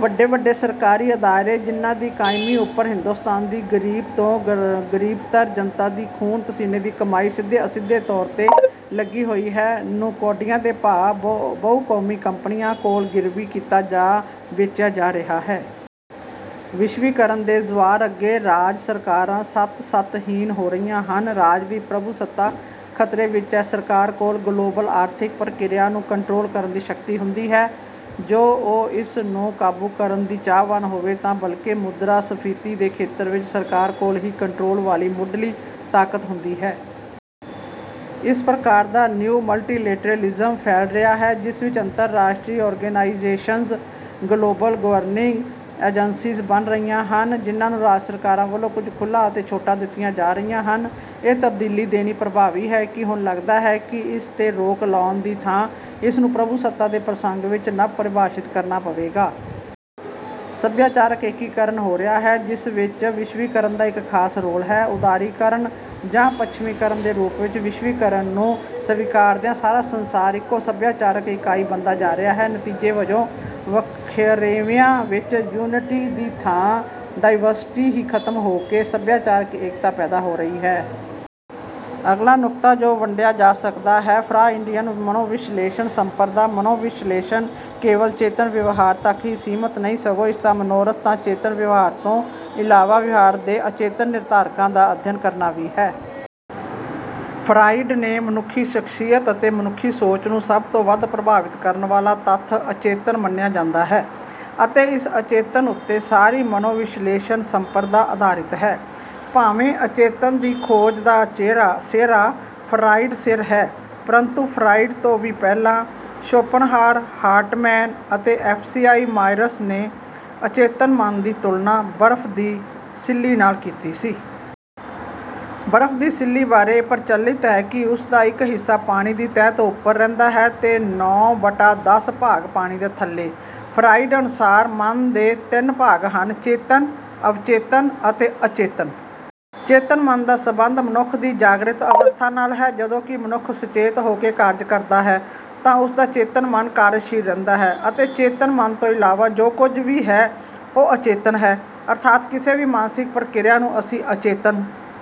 ਵੱਡੇ-ਵੱਡੇ ਸਰਕਾਰੀ ਅਦਾਰੇ ਜਿਨ੍ਹਾਂ ਦੀ ਕਾਇਮੀ ਉੱਪਰ ਹਿੰਦੋਸਤਾਨ ਦੀ ਗਰੀਬ ਤੋਂ ਗਰੀਬਤਰ ਜਨਤਾ ਦੀ ਖੂਨ ਪਸੀਨੇ ਦੀ ਕਮਾਈ ਸਿੱਧੇ-ਅਸਿੱਧੇ ਤੌਰ ਤੇ ਲੱਗੀ ਹੋਈ ਹੈ, ਨੂੰ ਕੌਡੀਆਂ ਦੇ ਭਾਅ ਬਹੁ-ਕੌਮੀ ਕੰਪਨੀਆਂ ਕੋਲ ਗਿਰਵੀ ਕੀਤਾ ਜਾਂ ਵੇਚਿਆ ਜਾ ਰਿਹਾ ਹੈ। ਵਿਸ਼ਵੀਕਰਨ ਦੇ ਜਵਾਰ ਅੱਗੇ ਰਾਜ ਸਰਕਾਰਾਂ ਸੱਤ-ਸੱਤ ਹੀਣ ਹੋ ਰਹੀਆਂ ਹਨ। ਰਾਜ ਦੀ ਪ੍ਰਭੂਸੱਤਾ ਖਤਰੇ ਵਿੱਚ ਹੈ। ਸਰਕਾਰ ਕੋਲ ਗਲੋਬਲ ਆਰਥਿਕ ਪ੍ਰਕਿਰਿਆ ਨੂੰ ਕੰਟਰੋਲ ਕਰਨ ਦੀ ਸ਼ਕਤੀ ਹੁੰਦੀ ਹੈ, ਜੇ ਉਹ ਇਸ ਨੂੰ ਕਾਬੂ ਕਰਨ ਦੀ ਚਾਹਵਾਨ ਹੋਵੇ ਤਾਂ ਬਲਕਿ ਮੁਦਰਾ ਸਫੀਤੀ ਦੇ ਖੇਤਰ ਵਿੱਚ ਸਰਕਾਰ ਕੋਲ ਹੀ ਕੰਟਰੋਲ ਵਾਲੀ ਮੁਢਲੀ ਤਾਕਤ ਹੁੰਦੀ ਹੈ। ਇਸ ਪ੍ਰਕਾਰ ਦਾ ਨਿਊ ਮਲਟੀਲੇਟਰੇਲਿਜ਼ਮ ਫੈਲ ਰਿਹਾ ਹੈ, ਜਿਸ ਵਿੱਚ ਅੰਤਰਾਸ਼ਟਰੀ ਔਰਗਨਾਈਜੇਸ਼ਨਜ਼, ਗਲੋਬਲ ਗਵਰਨਿੰਗ ਏਜੰਸੀਜ਼ ਬਣ ਰਹੀਆਂ ਹਨ, ਜਿਨ੍ਹਾਂ ਨੂੰ ਰਾਜ ਸਰਕਾਰਾਂ ਵੱਲੋਂ ਕੁਝ ਖੁੱਲਾਂ ਅਤੇ ਛੋਟਾਂ ਦਿੱਤੀਆਂ ਜਾ ਰਹੀਆਂ ਹਨ। ਇਹ ਤਬਦੀਲੀ ਦੇਣੀ ਪ੍ਰਭਾਵੀ ਹੈ ਕਿ ਹੁਣ ਲਗਦਾ ਹੈ ਕਿ ਇਸ ਤੇ ਰੋਕ ਲਾਉਣ ਦੀ ਥਾਂ ਇਸ ਨੂੰ ਪ੍ਰਭੂਸੱਤਾ ਦੇ ਪ੍ਰਸੰਗ ਵਿੱਚ ਨਵ ਪਰਿਭਾਸ਼ਿਤ ਕਰਨਾ ਪਵੇਗਾ। ਸਭਿਆਚਾਰਕ ਏਕੀਕਰਨ ਹੋ ਰਿਹਾ ਹੈ ਜਿਸ ਵਿੱਚ ਵਿਸ਼ਵੀਕਰਨ ਦਾ ਇੱਕ ਖਾਸ ਰੋਲ ਹੈ। ਉਦਾਰੀਕਰਨ ਜਾਂ ਪੱਛਮੀਕਰਨ ਦੇ ਰੂਪ ਵਿੱਚ ਵਿਸ਼ਵੀਕਰਨ ਨੂੰ ਸਵੀਕਾਰਦਿਆਂ ਸਾਰਾ ਸੰਸਾਰ ਇਕੋ ਸਭਿਆਚਾਰਕ ਇਕਾਈ ਬਣਦਾ ਜਾ ਰਿਹਾ ਹੈ। ਨਤੀਜੇ ਵਜੋਂ ਵਖਰੇਵਿਆਂ ਵਿੱਚ ਯੂਨਿਟੀ ਦੀ ਥਾਂ ਡਾਇਵਰਸਿਟੀ ਹੀ ਖਤਮ ਹੋ ਕੇ ਸਭਿਆਚਾਰਕ ਏਕਤਾ ਪੈਦਾ ਹੋ ਰਹੀ ਹੈ। ਅਗਲਾ ਨੁਕਤਾ ਜੋ ਵੰਡਿਆ ਜਾ ਸਕਦਾ ਹੈ ਫਰਾਇਡੀਅਨ ਮਨੋਵਿਸ਼ਲੇਸ਼ਣ ਸੰਪਰਦਾ। ਮਨੋਵਿਸ਼ਲੇਸ਼ਣ ਕੇਵਲ ਚੇਤਨ ਵਿਵਹਾਰ ਤੱਕ ਹੀ ਸੀਮਿਤ ਨਹੀਂ ਸਗੋਂ ਇਸਦਾ ਮਨੋਰਥ ਤਾਂ ਚੇਤਨ ਵਿਵਹਾਰ ਤੋਂ ਇਲਾਵਾ ਵਿਵਹਾਰ ਦੇ ਅਚੇਤਨ ਨਿਰਧਾਰਕਾਂ ਦਾ ਅਧਿਐਨ ਕਰਨਾ ਵੀ ਹੈ। ਫਰਾਇਡ ਨੇ ਮਨੁੱਖੀ ਸਖ਼ਸੀਅਤ ਅਤੇ ਮਨੁੱਖੀ ਸੋਚ ਨੂੰ ਸਭ ਤੋਂ ਵੱਧ ਪ੍ਰਭਾਵਿਤ ਕਰਨ ਵਾਲਾ ਤੱਥ ਅਚੇਤਨ ਮੰਨਿਆ ਜਾਂਦਾ ਹੈ ਅਤੇ ਇਸੇ ਅਚੇਤਨ ਉੱਤੇ ਸਾਰੀ ਮਨੋਵਿਸ਼ਲੇਸ਼ਣ ਸੰਪਰਦਾ ਆਧਾਰਿਤ ਹੈ। ਭਾਵੇਂ ਅਚੇਤਨ ਦੀ ਖੋਜ ਦਾ ਸਿਹਰਾ ਫਰਾਇਡ ਸਿਰ ਹੈ, ਪ੍ਰੰਤੂ ਫਰਾਇਡ ਤੋਂ ਵੀ ਪਹਿਲਾਂ ਸ਼ੋਪਨਹਾਰ, ਹਾਰਟਮੈਨ ਅਤੇ ਐਫ ਸੀ ਮਾਯਰਸ ਨੇ ਅਚੇਤਨ ਮਨ ਦੀ ਤੁਲਨਾ ਬਰਫ਼ ਦੀ ਸਿੱਲੀ ਨਾਲ ਕੀਤੀ ਸੀ। ਬਰਫ਼ ਦੀ ਸਿੱਲੀ ਬਾਰੇ ਇਹ ਪ੍ਰਚਲਿਤ ਹੈ ਕਿ ਉਸਦਾ ਇੱਕ ਹਿੱਸਾ ਪਾਣੀ ਦੀ ਤਹਿ ਤੋਂ ਉੱਪਰ ਰਹਿੰਦਾ ਹੈ ਅਤੇ ਨੌ ਬਟਾ ਦਸ ਭਾਗ ਪਾਣੀ ਦੇ ਥੱਲੇ। ਫਰਾਇਡ ਅਨੁਸਾਰ ਮਨ ਦੇ ਤਿੰਨ ਭਾਗ ਹਨ, ਚੇਤਨ, ਅਵਚੇਤਨ ਅਤੇ ਅਚੇਤਨ। ਚੇਤਨ ਮਨ ਦਾ ਸੰਬੰਧ ਮਨੁੱਖ ਦੀ ਜਾਗਰਿਤ ਅਵਸਥਾ ਨਾਲ ਹੈ। ਜਦੋਂ ਮਨੁੱਖ ਸੁਚੇਤ ਹੋ ਕੇ ਕਾਰਜ ਕਰਦਾ ਹੈ ਤਾਂ ਉਸ ਦਾ ਚੇਤਨ ਮਨ ਕਾਰਜਸ਼ੀਲ ਰਹਿੰਦਾ ਹੈ ਅਤੇ ਚੇਤਨ ਮਨ ਤੋਂ ਇਲਾਵਾ ਜੋ ਕੁੱਝ ਵੀ ਹੈ ਉਹ ਅਚੇਤਨ ਹੈ। ਅਰਥਾਤ ਕਿਸੇ ਵੀ ਮਾਨਸਿਕ ਪ੍ਰਕ੍ਰਿਆ ਨੂੰ ਅਸੀਂ ਅਚੇਤਨ